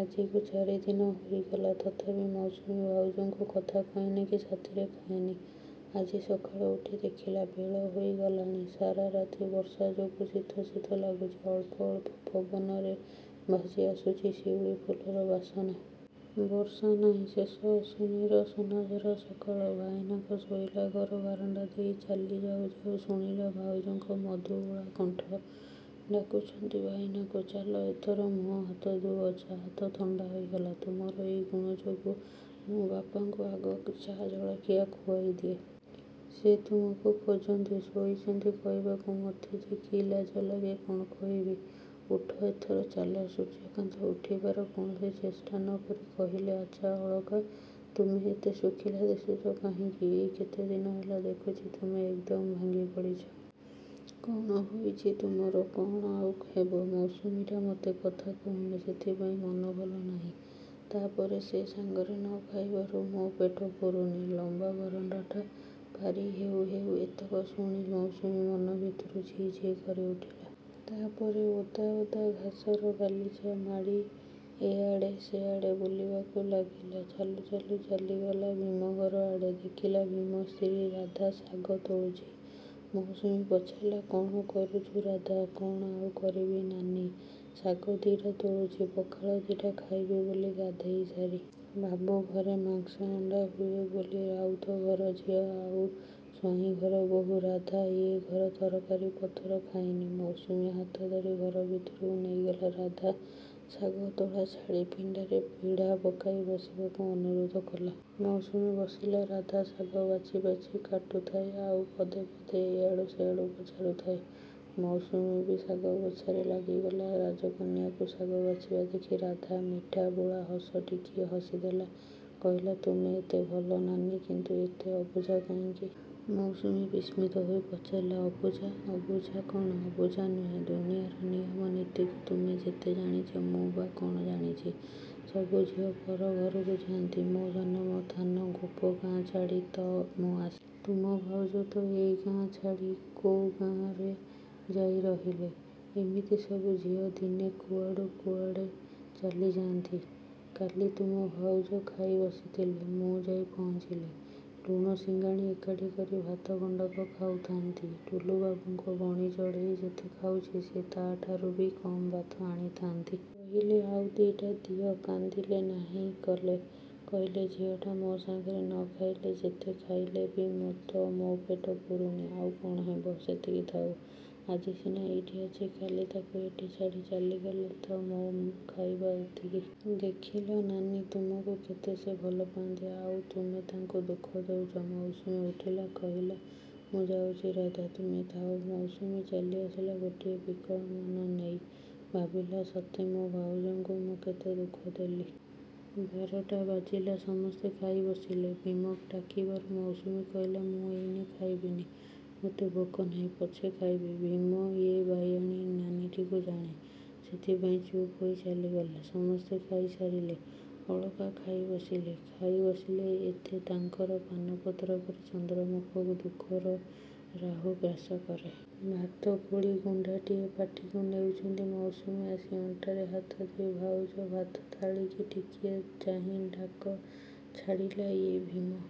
ଆଜିକୁ ଚାରି ଦିନ ହେଇଗଲା। ତଥାପି ମୌସୁମୀ ଭାଉଜଙ୍କୁ କଥା କହେନି କି ସାଥିରେ ଖାଏନି। ଆଜି ସକାଳୁ ଉଠି ଦେଖିଲା, ବେଳ ହୋଇଗଲାଣି। ସାରା ରାତି ବର୍ଷା ଯୋଗୁ ଶୀତ ଶୀତ ଲାଗୁଛି। ଅଳ୍ପ ଅଳ୍ପ ପବନରେ ଭାସି ଆସୁଛି ଶିଉଳୀ ଫୁଲର ବାସନା। ବର୍ଷା ନାହିଁ। ଶେଷ ଆଶ୍ୱିନର ସୁନାଝରା ସକାଳ। ଭାଇନାଙ୍କ ଶୋଇଲା ଘର ବାରଣ୍ଡା ଦେଇ ଚାଲି ଯାଉ ଯାଉ ଶୁଣିଲା ଭାଉଜଙ୍କ ମଧୁବୋଳା କଣ୍ଠ। ଡାକୁଛନ୍ତି ଭାଇନାଙ୍କୁ ଚାଲ ଏଥର ମୁହଁ ହାତ ଧୁଅ। ଚା ତ ଥଣ୍ଡା ହୋଇଗଲା। ତୁମର ଏଇ ଗୁଣ ଯୋଗୁଁ ମୁଁ ବାପାଙ୍କୁ ଆଗ ଚା ଜଳଖିଆ ଖୁଆଇ ଦିଏ। ସେ ତୁମକୁ ଖୋଜନ୍ତି। ଶୋଇଛନ୍ତି କହିବାକୁ ମୋତେ ଯେ କି ଲାଜ ଲାଗେ କ'ଣ କହିବି। ଉଠ, ଏଥର ଚାଲ। ସୂର୍ଯ୍ୟକାନ୍ତ ଉଠିବାର କୌଣସି ଚେଷ୍ଟା ନ କରି କହିଲେ ଆଚ୍ଛା ଅଳକା, ତୁମେ ଏତେ ଶୁଖିଲା ଦିଶୁଛ କାହିଁକି? ଏଇ କେତେଦିନ ହେଲା ଦେଖୁଛି ତୁମେ ଏକ୍ ଦମ ଭାଙ୍ଗି ପଡ଼ିଛ। କ'ଣ ହୋଇଛି ତୁମର! କ'ଣ ଆଉ ହେବ। ମୌସୁମୀଟା ମୋତେ କଥା କହୁନି। ସେଥିପାଇଁ ମନ ଭଲ ନାହିଁ। ତା' ପରେ ସେ ସାଙ୍ଗରେ ନ ଖାଇବାରୁ ମୋ ପେଟ ପୁରୁନି। ଲମ୍ବା ବାରଣ୍ଡାଟା ପାରି ହେଉ ହେଉ ଏତକ ଶୁଣି ମୌସୁମୀ ମନ ଭିତରେ ଛି ଛି କରି ଉଠିଲା। ତା' ପରେ ଓଦା ଓଦା ଘାସର ଗାଲିଚା ମାଡ଼ି ଏଆଡ଼େ ସେଆଡ଼େ ବୁଲିବାକୁ ଲାଗିଲା। ଚାଲୁ ଚାଲୁ ଚାଲିଗଲା ଭୀମ ଘର ଆଡ଼େ। ଦେଖିଲା ଭୀମ ସ୍ତ୍ରୀ ରାଧା ଶାଗ ତୋଳୁଛି। ମୌସୁମୀ ପଚାରିଲା କ'ଣ କରୁଛୁ ରାଧା? କ'ଣ ଆଉ କରିବି ନାନୀ, ଶାଗ ଦିଟା ତୋଳୁଛି, ପଖାଳ ଦିଟା ଖାଇବି ବୋଲି ଗାଧୋଇ ସାରି। ବାବୁ ଘରେ ମାଂସ ଅଣ୍ଡା ହୁଏ ବୋଲି ରାଉତ ଘର ଝିଅ ଆଉ ସ୍ୱାଇଁ ଘର ବୋହୂ ରାଧା ଏ ଘର ତରକାରୀ ପତର ଖାଏନି। ମୌସୁମୀ ହାତ ଧରି ଘର ଭିତରକୁ ନେଇଗଲା ରାଧା ଶାଗ ତୋଳା ଛାଡ଼ି। ପିଣ୍ଡାରେ ପିଢ଼ା ପକାଇ ବସିବାକୁ ଅନୁରୋଧ କଲା। ମୌସୁମୀ ବସିଲା। ରାଧା ଶାଗ ବାଛି ବାଛି କାଟୁଥାଏ, ଆଉ ପଦେ ପଦେ ଏଆଡ଼ୁ ସେଆଡ଼ୁ ପଚାରୁଥାଏ। ମୌସୁମୀ ବି ଶାଗ ବଛାରେ ଲାଗିଗଲା। ରାଜକନ୍ୟାକୁ ଶାଗ ବାଛିବା ଦେଖି ରାଧା ମିଠାବୋଳା ହସ ଟିକିଏ ହସିଦେଲା। କହିଲା ତୁମେ ଏତେ ଭଲ ନାନୀ କିନ୍ତୁ ଏତେ ଅବୁଝା କାହିଁକି? ମୌସୁମୀ ବିସ୍ମିତ ହୋଇ ପଚାରିଲା ଅବୁଝା, ଅବୁଝା କ'ଣ? ଅବୁଝା ନୁହେଁ? ଦୁନିଆର ନିୟମ ନୀତିକୁ ତୁମେ ଯେତେ ଜାଣିଛ ମୁଁ ବା କ'ଣ ଜାଣିଛି। ସବୁ ଝିଅ ପର ଘରକୁ ଯାଆନ୍ତି। ମୋ ଜନମ ଥାନ ଗୋପ ଗାଁ ଛାଡ଼ି ତ ମୁଁ ଆସିଲି। ତୁମ ଭାଉଜ ତ ଏଇ ଗାଁ ଛାଡ଼ି କୋଉ ଗାଁରେ ଯାଇ ରହିଲେ। ଏମିତି ସବୁ ଝିଅ ଦିନେ କୁଆଡ଼ୁ କୁଆଡ଼େ ଚାଲିଯାଆନ୍ତି। କାଲି ତୁମ ଭାଉଜ ଖାଇ ବସିଥିଲେ ମୁଁ ଯାଇ ପହଞ୍ଚିଲି। ଲୁହ ସିଙ୍ଗାଣି ଏକାଠି କରି ଭାତ ଗଣ୍ଡାକ ଖାଉଥାନ୍ତି। ଟୁଲୁବାବୁଙ୍କ ବଣି ଚଢ଼େଇ ଯେତେ ଖାଉଛି ସେ ତା'ଠାରୁ ବି କମ୍ ଭାତ ଆଣିଥାନ୍ତି। କହିଲି ଆଉ ଦିଟା ଦିଏ। କାନ୍ଦିଲେ, ନାହିଁ କଲେ। କହିଲେ ଝିଅଟା ମୋ ସାଙ୍ଗରେ ନ ଖାଇଲେ ଯେତେ ଖାଇଲେ ବି ତ ମୋ ପେଟ ପୁରୁନି। ଆଉ କ'ଣ ହେବ। ସେତିକି ଥାଉ। ଆଜି ସିନା ଏଇଠି ଅଛି, କାଲି ତାକୁ ଏଠି ଛାଡ଼ି ଚାଲିଗଲେ ତ ମୋ ଖାଇବା ଏତିକି। ଦେଖିଲ ନାନୀ ତୁମକୁ କେତେ ସେ ଭଲ ପାଆନ୍ତି, ଆଉ ତୁମେ ତାଙ୍କୁ ଦୁଃଖ ଦେଉଛ? ମୌସୁମୀ ଉଠିଲା, କହିଲା ମୁଁ ଯାଉଛି ରାଧା, ତୁମେ ଥାଅ। ମୌସୁମୀ ଚାଲିଆସିଲା ଗୋଟିଏ ବିକଳ ମନ ନେଇ। ଭାବିଲା ସତେ ମୋ ଭାଉଜଙ୍କୁ ମୁଁ କେତେ ଦୁଃଖ ଦେଲି। ବାରଟା ବାଜିଲା। ସମସ୍ତେ ଖାଇ ବସିଲେ। ଭୀମ ଡାକିବାରୁ ମୌସୁମୀ କହିଲା ମୁଁ ଏଇନେ ଖାଇବିନି। ମତେ ଭୋକ ନାହିଁ, ପଛେ ଖାଇବି। ଭୀମ ଏ ବାୟାଣୀ ନାନୀଟିକୁ ଜାଣେ। ସେଥିପାଇଁ ଚୁପ୍ ହୋଇ ଚାଲିଗଲା। ସମସ୍ତେ ଖାଇ ସାରିଲେ, ଅଳକା ଖାଇ ବସିଲେ। ଖାଇ ବସିଲେ ଏତେ ତାଙ୍କର ପାନପତ୍ର ପରି ଚନ୍ଦ୍ରମୁଖକୁ ଦୁଃଖର ରାହୁ ଗ୍ରାସ କରେ। ଭାତ ଗୋଳି ଗୁଣ୍ଡାଟିଏ ପାଟିକୁ ନେଉଛନ୍ତି, ମୌସୁମୀ ଆସି ଅଣ୍ଟାରେ ହାତ ଦେଇ ଭାଉଜ ଭାତ ଥାଳିକି ଟିକିଏ ଚାହିଁ ଡାକ ଛାଡ଼ିଲା ଏ ଭୀମ!